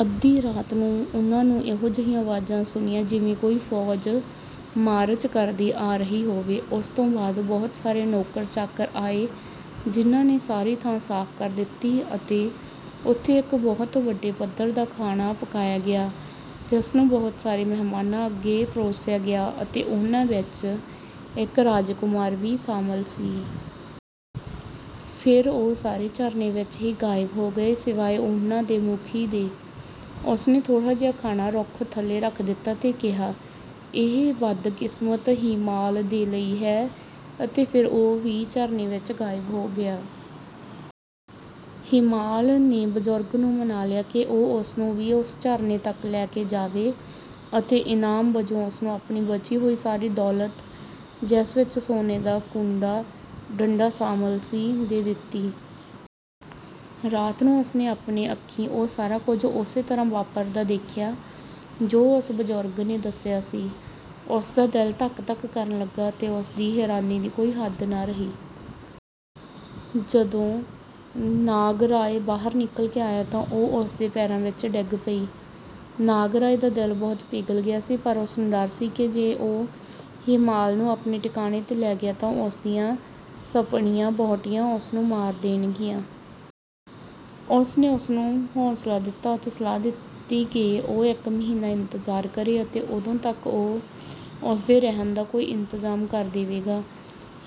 ਅੱਧੀ ਰਾਤ ਨੂੰ ਉਨ੍ਹਾਂ ਨੂੰ ਇਹੋ ਜਿਹੀਆਂ ਆਵਾਜ਼ਾਂ ਸੁਣੀਆਂ ਜਿਵੇਂ ਕੋਈ ਫ਼ੌਜ ਮਾਰਚ ਕਰਦੀ ਆ ਰਹੀ ਹੋਵੇ। ਉਸ ਤੋਂ ਬਾਅਦ ਬਹੁਤ ਸਾਰੇ ਨੌਕਰ-ਚਾਕਰ ਆਏ ਜਿਨ੍ਹਾਂ ਨੇ ਸਾਰੀ ਥਾਂ ਸਾਫ਼ ਕਰ ਦਿੱਤੀ ਅਤੇ ਉੱਥੇ ਇੱਕ ਬਹੁਤ ਵੱਡੇ ਪੱਧਰ ਦਾ ਖਾਣਾ ਪਕਾਇਆ ਗਿਆ, ਜਿਸ ਨੂੰ ਬਹੁਤ ਸਾਰੇ ਮਹਿਮਾਨਾਂ ਅੱਗੇ ਪਰੋਸਿਆ ਗਿਆ ਅਤੇ ਉਨ੍ਹਾਂ ਵਿੱਚ ਇੱਕ ਰਾਜਕੁਮਾਰ ਵੀ ਸ਼ਾਮਲ ਸੀ। ਫਿਰ ਉਹ ਸਾਰੇ ਝਰਨੇ ਵਿੱਚ ਹੀ ਗਾਇਬ ਹੋ ਗਏ, ਸਿਵਾਏ ਉਨ੍ਹਾਂ ਦੇ ਮੁਖੀ ਦੇ। ਉਸ ਨੇ ਥੋੜ੍ਹਾ ਜਿਹਾ ਖਾਣਾ ਰੁੱਖ ਥੱਲੇ ਰੱਖ ਦਿੱਤਾ ਤੇ ਕਿਹਾ, "ਇਹ ਬਦਕਿਸਮਤ ਹੀਮਾਲ ਦੇ ਲਈ ਹੈ।" ਅਤੇ ਫਿਰ ਉਹ ਵੀ ਝਰਨੇ ਵਿੱਚ ਗਾਇਬ ਹੋ ਗਿਆ। ਹੀਮਾਲ ਨੇ ਬਜ਼ੁਰਗ ਨੂੰ ਮਨਾ ਲਿਆ ਕਿ ਉਹ ਉਸ ਨੂੰ ਵੀ ਉਸ ਝਰਨੇ ਤੱਕ ਲੈ ਕੇ ਜਾਵੇ ਅਤੇ ਇਨਾਮ ਵਜੋਂ ਉਸ ਨੂੰ ਆਪਣੀ ਬਚੀ ਹੋਈ ਸਾਰੀ ਦੌਲਤ, ਜਿਸ ਵਿੱਚ ਸੋਨੇ ਦਾ ਕੂੰਡਾ-ਡੰਡਾ ਸ਼ਾਮਲ ਸੀ, ਦੇ ਦਿੱਤੀ। ਰਾਤ ਨੂੰ ਉਸ ਨੇ ਆਪਣੀ ਅੱਖੀਂ ਉਹ ਸਾਰਾ ਕੁਝ ਉਸੇ ਤਰ੍ਹਾਂ ਵਾਪਰਦਾ ਦੇਖਿਆ ਜੋ ਉਸ ਬਜ਼ੁਰਗ ਨੇ ਦੱਸਿਆ ਸੀ। ਉਸ ਦਾ ਦਿਲ ਧੱਕ-ਧੱਕ ਕਰਨ ਲੱਗਾ ਅਤੇ ਉਸ ਦੀ ਹੈਰਾਨੀ ਦੀ ਕੋਈ ਹੱਦ ਨਾ ਰਹੀ। ਜਦੋਂ ਨਾਗਰਾਇ ਬਾਹਰ ਨਿਕਲ ਕੇ ਆਇਆ ਤਾਂ ਉਹ ਉਸ ਦੇ ਪੈਰਾਂ ਵਿੱਚ ਡਿੱਗ ਪਈ। ਨਾਗਰਾਇ ਦਾ ਦਿਲ ਬਹੁਤ ਪਿਘਲ ਗਿਆ ਸੀ ਪਰ ਉਸ ਨੂੰ ਡਰ ਸੀ ਕਿ ਜੇ ਉਹ ਹੀਮਾਲ ਨੂੰ ਆਪਣੇ ਟਿਕਾਣੇ 'ਤੇ ਲੈ ਗਿਆ ਤਾਂ ਉਸ ਦੀਆਂ ਸੱਪਣੀਆਂ-ਵਹੁਟੀਆਂ ਉਸ ਨੂੰ ਮਾਰ ਦੇਣਗੀਆਂ। ਉਸ ਨੇ ਉਸ ਨੂੰ ਹੌਸਲਾ ਦਿੱਤਾ ਅਤੇ ਸਲਾਹ ਦਿੱਤੀ ਕਿ ਉਹ ਇੱਕ ਮਹੀਨਾ ਇੰਤਜ਼ਾਰ ਕਰੇ ਅਤੇ ਉਦੋਂ ਤੱਕ ਉਹ ਉਸ ਦੇ ਰਹਿਣ ਦਾ ਕੋਈ ਇੰਤਜ਼ਾਮ ਕਰ ਦੇਵੇਗਾ।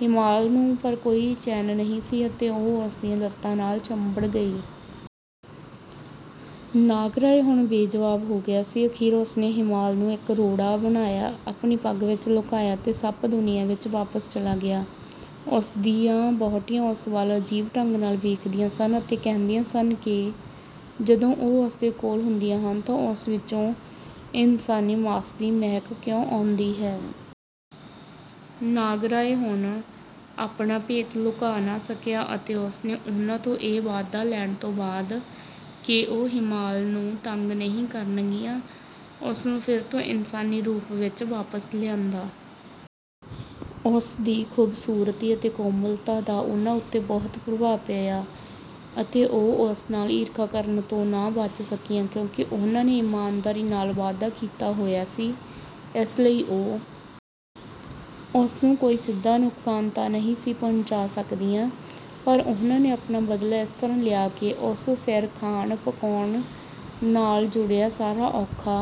ਹੀਮਾਲ ਨੂੰ ਪਰ ਕੋਈ ਚੈਨ ਨਹੀਂ ਸੀ ਅਤੇ ਉਹ ਉਸ ਦੀਆਂ ਲੱਤਾਂ ਨਾਲ ਚੰਬੜ ਗਈ। ਨਾਗਰਾਇ ਹੁਣ ਬੇਜਵਾਬ ਹੋ ਗਿਆ ਸੀ। ਅਖੀਰ ਉਸ ਨੇ ਹੀਮਾਲ ਨੂੰ ਇੱਕ ਰੋੜਾ ਬਣਾਇਆ, ਆਪਣੀ ਪੱਗ ਵਿੱਚ ਲੁਕਾਇਆ ਅਤੇ ਸੱਪ-ਦੁਨੀਆ ਵਿੱਚ ਵਾਪਸ ਚਲਾ ਗਿਆ। ਉਸ ਦੀਆਂ ਵਹੁਟੀਆਂ ਉਸ ਵੱਲ ਅਜੀਬ ਢੰਗ ਨਾਲ ਵੇਖਦੀਆਂ ਸਨ ਅਤੇ ਕਹਿੰਦੀਆਂ ਸਨ ਕਿ ਜਦੋਂ ਉਹ ਉਸ ਦੇ ਕੋਲ ਹੁੰਦੀਆਂ ਹਨ ਤਾਂ ਉਸ ਵਿੱਚੋਂ ਇਨਸਾਨੀ ਮਾਸ ਦੀ ਮਹਿਕ ਕਿਉਂ ਆਉਂਦੀ ਹੈ। ਨਾਗਰਾਇ ਹੁਣ ਆਪਣਾ ਭੇਤ ਲੁਕਾ ਨਾ ਸਕਿਆ ਅਤੇ ਉਸ ਨੇ ਉਨ੍ਹਾਂ ਤੋਂ ਇਹ ਵਾਅਦਾ ਲੈਣ ਤੋਂ ਬਾਅਦ ਕਿ ਉਹ ਹੀਮਾਲ ਨੂੰ ਤੰਗ ਨਹੀਂ ਕਰਨਗੀਆਂ, ਉਸ ਨੂੰ ਫਿਰ ਤੋਂ ਇਨਸਾਨੀ ਰੂਪ ਵਿੱਚ ਵਾਪਸ ਲਿਆਂਦਾ। ਉਸ ਦੀ ਖ਼ੂਬਸੂਰਤੀ ਅਤੇ ਕੋਮਲਤਾ ਦਾ ਉਨ੍ਹਾਂ ਉੱਤੇ ਬਹੁਤ ਪ੍ਰਭਾਵ ਪਿਆ ਅਤੇ ਉਹ ਉਸ ਨਾਲ ਈਰਖਾ ਕਰਨ ਤੋਂ ਨਾ ਬਚ ਸਕੀਆਂ। ਕਿਉਂਕਿ ਉਨ੍ਹਾਂ ਨੇ ਇਮਾਨਦਾਰੀ ਨਾਲ ਵਾਅਦਾ ਕੀਤਾ ਹੋਇਆ ਸੀ, ਇਸ ਲਈ ਉਹ ਉਸ ਨੂੰ ਕੋਈ ਸਿੱਧਾ ਨੁਕਸਾਨ ਤਾਂ ਨਹੀਂ ਸੀ ਪਹੁੰਚਾ ਸਕਦੀਆਂ, ਪਰ ਉਨ੍ਹਾਂ ਨੇ ਆਪਣਾ ਬਦਲਾ ਇਸ ਤਰ੍ਹਾਂ ਲਿਆ ਕਿ ਉਸ ਸਿਰ ਖਾਣ-ਪਕਾਉਣ ਨਾਲ ਜੁੜਿਆ ਸਾਰਾ ਔਖਾ